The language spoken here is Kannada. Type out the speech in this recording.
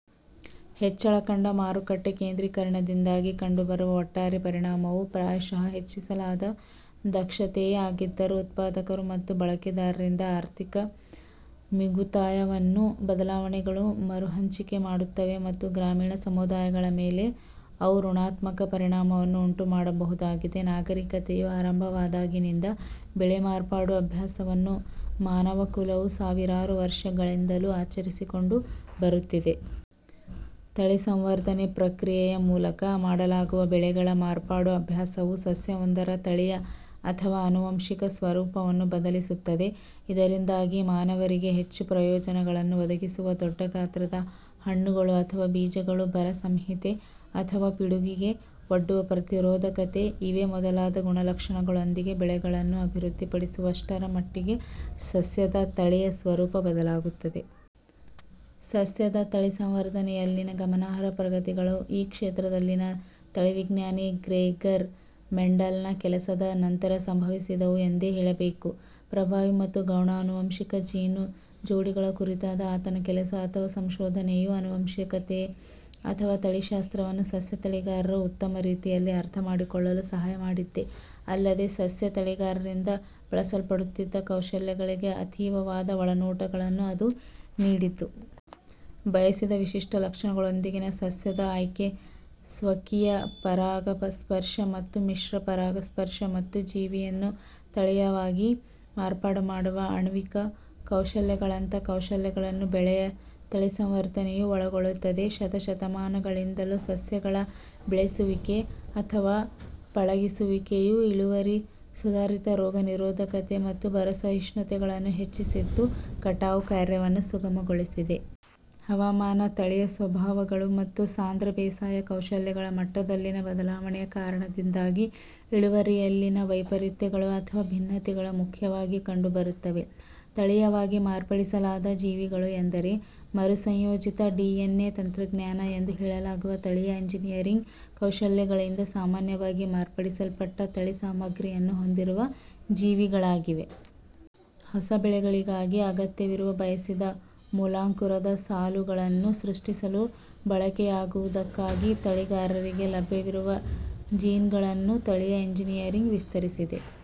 ಹೆಚ್ಚಳ ಕಂಡ ಮಾರುಕಟ್ಟೆ ಕೇಂದ್ರೀಕರಣದಿಂದಾಗಿ ಕಂಡುಬರುವ ಒಟ್ಟಾರೆ ಪರಿಣಾಮವು ಪ್ರಾಯಶಃ ಹೆಚ್ಚಿಸಲಾದ ದಕ್ಷತೆಯೇ ಆಗಿದ್ದರೂ, ಉತ್ಪಾದಕರು ಮತ್ತು ಬಳಕೆದಾರರಿಂದ ಆರ್ಥಿಕ ಮಿಗುತಾಯವನ್ನು ಬದಲಾವಣೆಗಳು ಮರುಹಂಚಿಕೆ ಮಾಡುತ್ತವೆ, ಮತ್ತು ಗ್ರಾಮೀಣ ಸಮುದಾಯಗಳ ಮೇಲೆ ಅವು ಋಣಾತ್ಮಕ ಪರಿಣಾಮವನ್ನು ಉಂಟುಮಾಡಬಹುದಾಗಿದೆ. ನಾಗರಿಕತೆಯು ಆರಂಭವಾದಾಗಿನಿಂದ, ಬೆಳೆ ಮಾರ್ಪಾಡು ಅಭ್ಯಾಸವನ್ನು ಮಾನವಕುಲವು ಸಾವಿರಾರು ವರ್ಷಗಳಿಂದಲೂ ಆಚರಿಸಿಕೊಂಡು ಬರುತ್ತಿದೆ. ತಳಿ ಸಂವರ್ಧನೆ ಪ್ರಕ್ರಿಯೆಯ ಮೂಲಕ ಮಾಡಲಾಗುವ ಬೆಳೆಗಳ ಮಾರ್ಪಾಡು ಅಭ್ಯಾಸವು ಸಸ್ಯವೊಂದರ ತಳೀಯ ಅಥವಾ ಆನುವಂಶಿಕ ಸ್ವರೂಪವನ್ನು ಬದಲಿಸುತ್ತದೆ. ಇದರಿಂದಾಗಿ ಮಾನವರಿಗೆ ಹೆಚ್ಚು ಪ್ರಯೋಜನಗಳನ್ನು ಒದಗಿಸುವ ದೊಡ್ಡ ಗಾತ್ರದ ಹಣ್ಣುಗಳು ಅಥವಾ ಬೀಜಗಳು, ಬರ -ಸಹಿಷ್ಣುತೆ, ಅಥವಾ ಪಿಡುಗಿಗೆ ಒಡ್ಡುವ ಪ್ರತಿರೋಧಕತೆ ಇವೇ ಮೊದಲಾದ ಗುಣಲಕ್ಷಣಗಳೊಂದಿಗೆ ಬೆಳೆಗಳನ್ನು ಅಭಿವೃದ್ಧಿಪಡಿಸುವಷ್ಟರ ಮಟ್ಟಿಗೆ ಸಸ್ಯದ ತಳೀಯ ಸ್ವರೂಪ ಬದಲಾಗುತ್ತದೆ. ಸಸ್ಯದ ತಳಿಸಂವರ್ಧನೆಯಲ್ಲಿನ ಗಮನಾರ್ಹ ಪ್ರಗತಿಗಳು ಈ ಕ್ಷೇತ್ರದಲ್ಲಿನ ತಳಿವಿಜ್ಞಾನಿ ಗ್ರೆಗರ್ ಮೆಂಡೆಲ್ನ ಕೆಲಸದ ನಂತರ ಸಂಭವಿಸಿದವು ಎಂದೇ ಹೇಳಬೇಕು. ಪ್ರಭಾವಿ ಮತ್ತು ಗೌಣ ಆನುವಂಶಿಕ ಜೀನು ಜೋಡಿಗಳ ಕುರಿತಾದ ಆತನ ಕೆಲಸ ಅಥವಾ ಸಂಶೋಧನೆಯು ಅನುವಂಶೀಯತೆ ಅಥವಾ ತಳಿಶಾಸ್ತ್ರವನ್ನು ಸಸ್ಯ ತಳಿಗಾರರು ಉತ್ತಮ ರೀತಿಯಲ್ಲಿ ಅರ್ಥಮಾಡಿಕೊಳ್ಳಲು ಸಹಾಯಮಾಡಿದ್ದೇ ಅಲ್ಲದೆ, ಸಸ್ಯ ತಳಿಗಾರರಿಂದ ಬಳಸಲ್ಪಡುತ್ತಿದ್ದ ಕೌಶಲಗಳಿಗೆ ಅತೀವವಾದ ಒಳನೋಟಗಳನ್ನು ಅದು ನೀಡಿತು. ಬಯಸಿದ ವಿಶಿಷ್ಟ ಲಕ್ಷಣಗಳೊಂದಿಗಿನ ಸಸ್ಯದ ಆಯ್ಕೆ, ಸ್ವಕೀಯ-ಪರಾಗಸ್ಪರ್ಶ ಮತ್ತು ಮಿಶ್ರ-ಪರಾಗಸ್ಪರ್ಶ, ಮತ್ತು ಜೀವಿಯನ್ನು ತಳೀಯವಾಗಿ ಮಾರ್ಪಾಡುಮಾಡುವ ಆಣ್ವಿಕ ಕೌಶಲಗಳಂಥ ಕೌಶಲಗಳನ್ನು ಬೆಳೆಯ ತಳಿಸಂವರ್ಧನೆಯು ಒಳಗೊಳ್ಳುತ್ತದೆ. ಶತಶತಮಾನಗಳಿಂದಲೂ ಸಸ್ಯಗಳ ಬೆಳೆಸುವಿಕೆ ಅಥವಾ ಪಳಗಿಸುವಿಕೆಯು ಇಳುವರಿ, ಸುಧಾರಿತ ರೋಗ ನಿರೋಧಕತೆ ಮತ್ತು ಬರ-ಸಹಿಷ್ಣುತೆಗಳನ್ನು ಹೆಚ್ಚಿಸಿದ್ದು, ಕಟಾವು ಕಾರ್ಯವನ್ನು ಸುಗಮಗೊಳಿಸಿದೆ. ಹವಾಮಾನ, ತಳೀಯ ಸ್ವಭಾವಗಳು, ಮತ್ತು ಸಾಂದ್ರ ಬೇಸಾಯ ಕೌಶಲಗಳ ಮಟ್ಟದಲ್ಲಿನ ಬದಲಾವಣೆಯ ಕಾರಣದಿಂದಾಗಿ ಇಳುವರಿಯಲ್ಲಿನ ವೈಪರೀತ್ಯಗಳು ಅಥವಾ ಭಿನ್ನತೆಗಳು ಮುಖ್ಯವಾಗಿ ಕಂಡುಬರುತ್ತವೆ. ತಳೀಯವಾಗಿ ಮಾರ್ಪಡಿಸಲಾದ ಜೀವಿಗಳು ಎಂದರೆ ಮರು-ಸಂಯೋಜಿತ ಡಿಎನ್ಎ ತಂತ್ರಜ್ಞಾನ ಎಂದು ಹೇಳಲಾಗುವ ತಳೀಯ ಎಂಜಿನಿಯರಿಂಗ್ ಕೌಶಲಗಳಿಂದ ಸಾಮಾನ್ಯವಾಗಿ ಮಾರ್ಪಡಿಸಲ್ಪಟ್ಟ ತಳಿ ಸಾಮಗ್ರಿಯನ್ನು ಹೊಂದಿರುವ ಜೀವಿ ಗಳಾಗಿವೆ. ಹೊಸ ಬೆಳೆಗಳಿಗಾಗಿ ಅಗತ್ಯವಿರುವ, ಬಯಸಿದ ಮೂಲಾಂಕುರದ ಸಾಲುಗಳನ್ನು ಸೃಷ್ಟಿಸಲು ಬಳಕೆಯಾಗುವುದಕ್ಕಾಗಿ ತಳಿಗಾರರಿಗೆ ಲಭ್ಯವಿರುವ ಜೀನ್ಗಳನ್ನು ತಳೀಯ ಎಂಜಿನಿಯರಿಂಗ್ ವಿಸ್ತರಿಸಿದೆ.